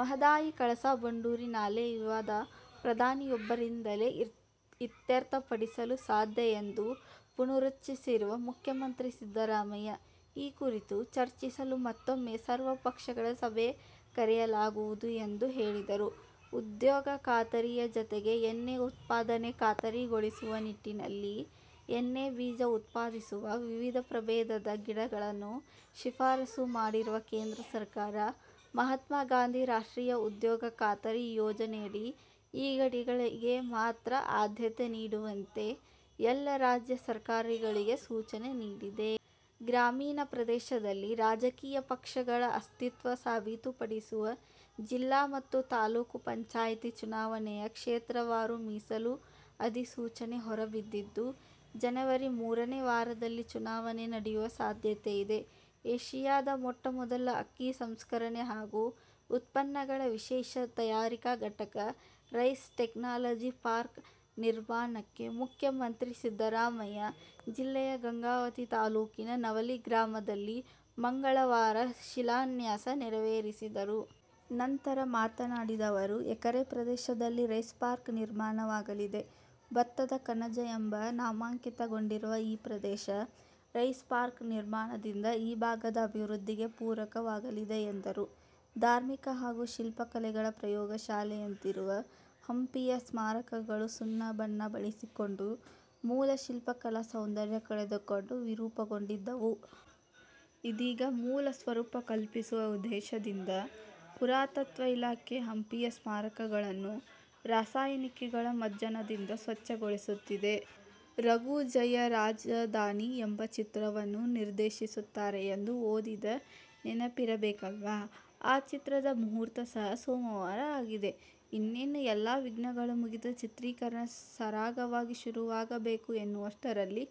ಮಹದಾಯಿ, ಕಳಸಾ ಬಂಡೂರಿ ನಾಲೆ ವಿವಾದ ಪ್ರಧಾನಿಯೊಬ್ಬರಿಂದಲೇ ಇತ್ಯರ್ಥಪಡಿಸಲು ಸಾಧ್ಯ ಎಂದು ಪುನರುಚ್ಚರಿಸಿರುವ ಮುಖ್ಯಮಂತ್ರಿ ಸಿದ್ದರಾಮಯ್ಯ, ಈ ಕುರಿತು ಚರ್ಚಿಸಲು ಮತ್ತೂಮ್ಮೆ ಸರ್ವಪಕ್ಷಗಳ ಸಭೆ ಕರೆಯಲಾಗುವುದು ಎಂದು ಹೇಳಿದರು. ಉದ್ಯೋಗ ಖಾತರಿಯ ಜತೆಗೆ ಎಣ್ಣೆ ಉತ್ಪಾದನೆ ಖಾತರಿಗೊಳಿಸುವ ನಿಟ್ಟಿನಲ್ಲಿ ಎಣ್ಣೆ ಬೀಜ ಉತ್ಪಾದಿಸುವ ವಿವಿಧ ಪ್ರಬೇಧದ ಗಿಡಗಳನ್ನು ಶಿಫಾರಸು ಮಾಡಿರುವ ಕೇಂದ್ರ ಸರ್ಕಾರ, ಮಹಾತ್ಮಗಾಂಧಿ ರಾಷ್ಟ್ರೀಯ ಉದ್ಯೋಗ ಖಾತರಿ ಯೋಜನೆಯಡಿ ಈ ಗಿಡಗಳಿಗೆ ಮಾತ್ರ ಆದ್ಯತೆ ನೀಡುವಂತೆ ಎಲ್ಲ ರಾಜ್ಯ ಸರ್ಕಾರಗಳಿಗೆ ಸೂಚನೆ ನೀಡಿದೆ. ಗ್ರಾಮೀಣ ಪ್ರದೇಶದಲ್ಲಿ ರಾಜಕೀಯ ಪಕ್ಷಗಳ ಅಸ್ತಿತ್ವ ಸಾಬೀತುಪಡಿಸುವ ಜಿಲ್ಲಾ ಮತ್ತು ತಾಲೂಕು ಪಂಚಾಯಿತಿ ಚುನಾವಣೆಯ ಕ್ಷೇತ್ರವಾರು ಮೀಸಲು ಅಧಿಸೂಚನೆ ಹೊರಬಿದ್ದಿದ್ದು, ಜನವರಿ ಮೂರನೇ ವಾರದಲ್ಲಿ ಚುನಾವಣೆ ನಡೆಯುವ ಸಾಧ್ಯತೆಯಿದೆ. ಏಷಿಯಾದ ಮೊಟ್ಟ ಮೊದಲ ಅಕ್ಕಿ ಸಂಸ್ಕರಣೆ ಹಾಗೂ ಉತ್ಪನ್ನಗಳ ವಿಶೇಷ ತಯಾರಿಕಾ ಘಟಕ ರೈಸ್ ಟೆಕ್ನಾಲಜಿ ಪಾರ್ಕ್ ನಿರ್ಮಾಣಕ್ಕೆ ಮುಖ್ಯಮಂತ್ರಿ ಸಿದ್ದರಾಮಯ್ಯ ಜಿಲ್ಲೆಯ ಗಂಗಾವತಿ ತಾಲೂಕಿನ ನವಲಿ ಗ್ರಾಮದಲ್ಲಿ ಮಂಗಳವಾರ ಶಿಲಾನ್ಯಾಸ ನೆರವೇರಿಸಿದರು. ನಂತರ ಮಾತನಾಡಿದ ಅವರು, ಎಕರೆ ಪ್ರದೇಶದಲ್ಲಿ ರೈಸ್ ಪಾರ್ಕ್ ನಿರ್ಮಾಣವಾಗಲಿದೆ. ಭತ್ತದ ಕಣಜ ಎಂಬ ನಾಮಾಂಕಿತಗೊಂಡಿರುವ ಈ ಪ್ರದೇಶ ರೈಸ್ ಪಾರ್ಕ್ ನಿರ್ಮಾಣದಿಂದ ಈ ಭಾಗದ ಅಭಿವೃದ್ಧಿಗೆ ಪೂರಕವಾಗಲಿದೆ ಎಂದರು. ಧಾರ್ಮಿಕ ಹಾಗೂ ಶಿಲ್ಪಕಲೆಗಳ ಪ್ರಯೋಗ ಶಾಲೆಯಂತಿರುವ ಹಂಪಿಯ ಸ್ಮಾರಕಗಳು ಸುಣ್ಣ ಬಣ್ಣ ಬಳಿಸಿಕೊಂಡು ಮೂಲ ಶಿಲ್ಪಕಲಾ ಸೌಂದರ್ಯ ಕಳೆದುಕೊಂಡು ವಿರೂಪಗೊಂಡಿದ್ದವು. ಇದೀಗ ಮೂಲ ಸ್ವರೂಪ ಕಲ್ಪಿಸುವ ಉದ್ದೇಶದಿಂದ ಪುರಾತತ್ವ ಇಲಾಖೆ ಹಂಪಿಯ ಸ್ಮಾರಕಗಳನ್ನು ರಾಸಾಯನಿಕಗಳ ಮಜ್ಜನದಿಂದ ಸ್ವತ್ಛಗೊಳಿಸುತ್ತಿದೆ. ರಘು ಜಯ "ರಾಜಧಾನಿ ' ಎಂಬ ಚಿತ್ರವನ್ನು ನಿರ್ದೇಶಿಸುತ್ತಾರೆ ಎಂದು ಓದಿದ ನೆನಪಿರಬೇಕಲ್ಲಾ? ಆ ಚಿತ್ರದ ಮುಹೂರ್ತ ಸಹ ಸೋಮವಾರ ಆಗಿದೆ. ಇನ್ನೇನು ಎಲ್ಲಾ ವಿಘ್ನಗಳು ಮುಗಿದು, ಚಿತ್ರೀಕರಣ ಸರಾಗವಾಗಿ ಶುರುವಾಗಬೇಕು ಎನ್ನುವಷ್ಟರಲ್ಲಿ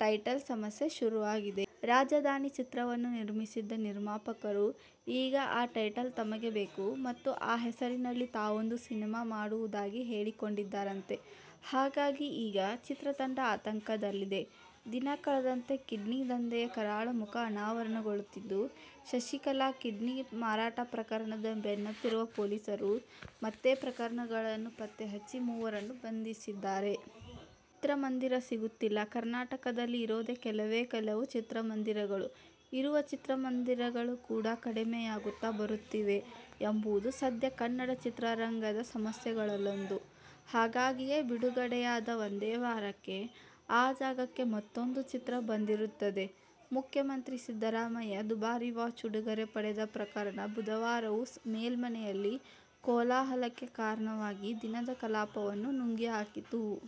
ಟೈಟಲ್ ಸಮಸ್ಯೆ ಶುರುವಾಗಿದೆ. "ರಾಜಧಾನಿ' ಚಿತ್ರವನ್ನು ನಿರ್ಮಿಸಿದ್ದ ನಿರ್ಮಾಪಕರು, ಈಗ ಆ ಟೈಟಲ್ ತಮಗೆ ಬೇಕು ಮತ್ತು ಆ ಹೆಸರಿನಲ್ಲಿ ತಾವೊಂದು ಸಿನಿಮಾ ಮಾಡುವುದಾಗಿ ಹೇಳಿಕೊಂಡಿದ್ದಾರಂತೆ. ಹಾಗಾಗಿ ಈಗ ಚಿತ್ರತಂಡ ಆತಂಕದಲ್ಲಿದೆ. ದಿನ ಕಳೆದಂತೆ ಕಿಡ್ನಿ ದಂಧೆಯ ಕರಾಳ ಮುಖ ಅನಾವರಣಗೊಳ್ಳುತ್ತಿದ್ದು, ಶಶಿಕಲಾ ಕಿಡ್ನಿ ಮಾರಾಟ ಪ್ರಕರಣದ ಬೆನ್ನತ್ತಿರುವ ಪೊಲೀಸರು ಮತ್ತೆ ಪ್ರಕರಣಗಳನ್ನು ಪತ್ತೆ ಹಚ್ಚಿ, ಮೂವರನ್ನು ಬಂಧಿಸಿದ್ದಾರೆ. ಚಿತ್ರಮಂದಿರ ಸಿಗುತ್ತಿಲ್ಲ, ಕರ್ನಾಟಕದಲ್ಲಿ ಇರೋದೇ ಕೆಲವೇ ಕೆಲವು ಚಿತ್ರಮಂದಿರಗಳು. ಇರುವ ಚಿತ್ರಮಂದಿರಗಳು ಕೂಡಾ ಕಡಿಮೆಯಾಗುತ್ತಾ ಬರುತ್ತಿವೆ ಎಂಬುದು ಸದ್ಯ ಕನ್ನಡ ಚಿತ್ರರಂಗದ ಸಮಸ್ಯೆಗಳಲ್ಲೊಂದು. ಹಾಗಾಗಿಯೇ ಬಿಡುಗಡೆಯಾದ ಒಂದೇ ವಾರಕ್ಕೆ ಆ ಜಾಗಕ್ಕೆ ಮತ್ತೂಂದು ಚಿತ್ರ ಬಂದಿರುತ್ತದೆ. ಮುಖ್ಯಮಂತ್ರಿ ಸಿದ್ದರಾಮಯ್ಯ ದುಬಾರಿ ವಾಚ್ ಉಡುಗೊರೆ ಪಡೆದ ಪ್ರಕರಣ ಬುಧವಾರವೂ ಮೇಲ್ಮನೆಯಲ್ಲಿ ಕೋಲಾಹಲಕ್ಕೆ ಕಾರಣವಾಗಿ ದಿನದ ಕಲಾಪವನ್ನು ನುಂಗಿಹಾಕಿತು.